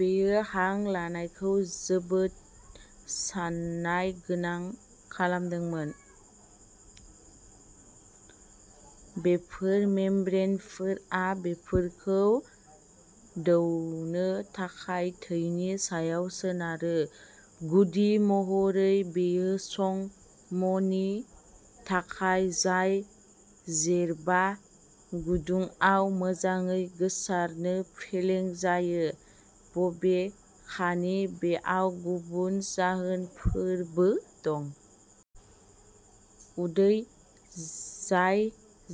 बेयो हां लानायखौ जोबोद सानाय गोनां खालामदोंमोन। बेफोर मेम्ब्रेनफोरा बेफोरखौ दौनो थाखाय थैनि सायाव सोनारोः गुदि महरै बेयो चं म'नि थाखाय, जाय जेरबा गुदुङाव मोजाङै गोसारनो फेलें जायो, बबेखानि बेयाव गुबुन जाहोनफोरबो दं। उदै, जाय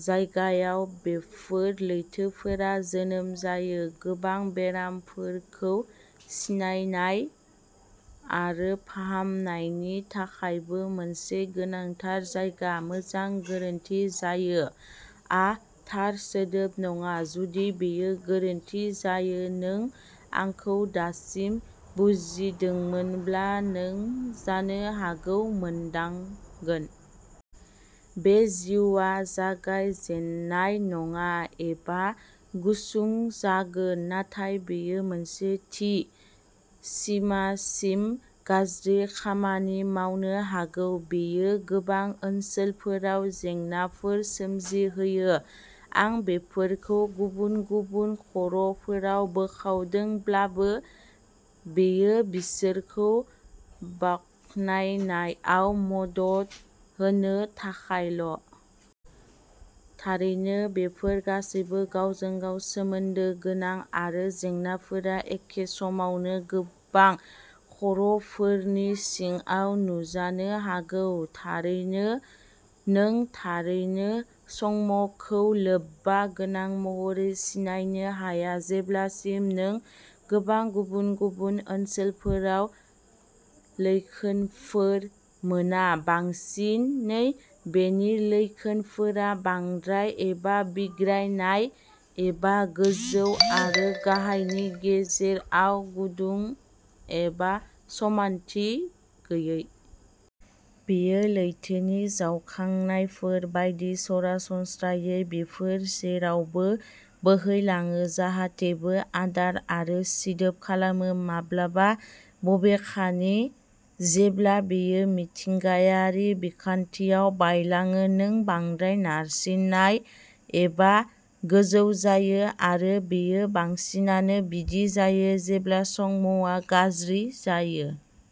जायगायाव बेफोर लैथोफोरा जोनोम जायो, गोबां बेरामफोरखौ सिनायनाय आरो फाहामनायनि थाखायबो मोनसे गोनांथार जायगा। मोजां,'गोरोन्थि जायो'आ थार सोदोब नङा! जुदि बेयो गोरोन्थि जायो, नों आंखौ दासिम बुजिदोंमोनब्ला, नों जानो हागौ मोनदांगोन। बे जिउआ जागाय जेननाय नङा एबा गुसुं जागोन। नाथाय बेयो मोनसे थि सिमासिम गाज्रि खामानि मावनो हागौ। बेयो गोबां ओनसोलफोराव जेंनाफोर सोमजिहोयो। आं बेफोरखौ गुबुन गुबुन खर'फोराव बोखावदोंब्लाबो, बेयो बिसोरखौ बाखनायनायाव मदद होनो थाखायल'। थारैनो, बेफोर गासैबो गावजों-गाव सोमोन्दो गोनां आरो जेंनाफोरा एखे समावनो गोबां खर'फोरनि सिङाव नुजानो हागौ। थारैनो, नों थारैनो चं म'खौ लोब्बा गोनां महरै सिनायनो हाया जेब्लासिम नों गोबां गुबुन-गुबुन ओनसोलफोराव लैखोनफोर मोना। बांसिनै, बेनि लैखोनफोरा बांद्राय, एबा'बिग्रायनाय', एबा गोजौ आरो गाहायनि गेजेराव गुदुं एबा समानथि गैयै। बेयो लैथोनि जावखांनायफोर बायदि। सरासनस्रायै बेफोर जेरावबो बोहैलाङो, जाहातेबो आदार आरो सिदोब खालामो। माब्लाबा, बबेखानि, जेब्ला बेयो मिथिंगायारि बिखान्थिया बायलाङो, नों बांद्राय नारसिननाय एबा गोजौ जायो, आरो बेयो बांसिनानो बिदि जायो जेब्ला चं म'आ गाज्रि जायो।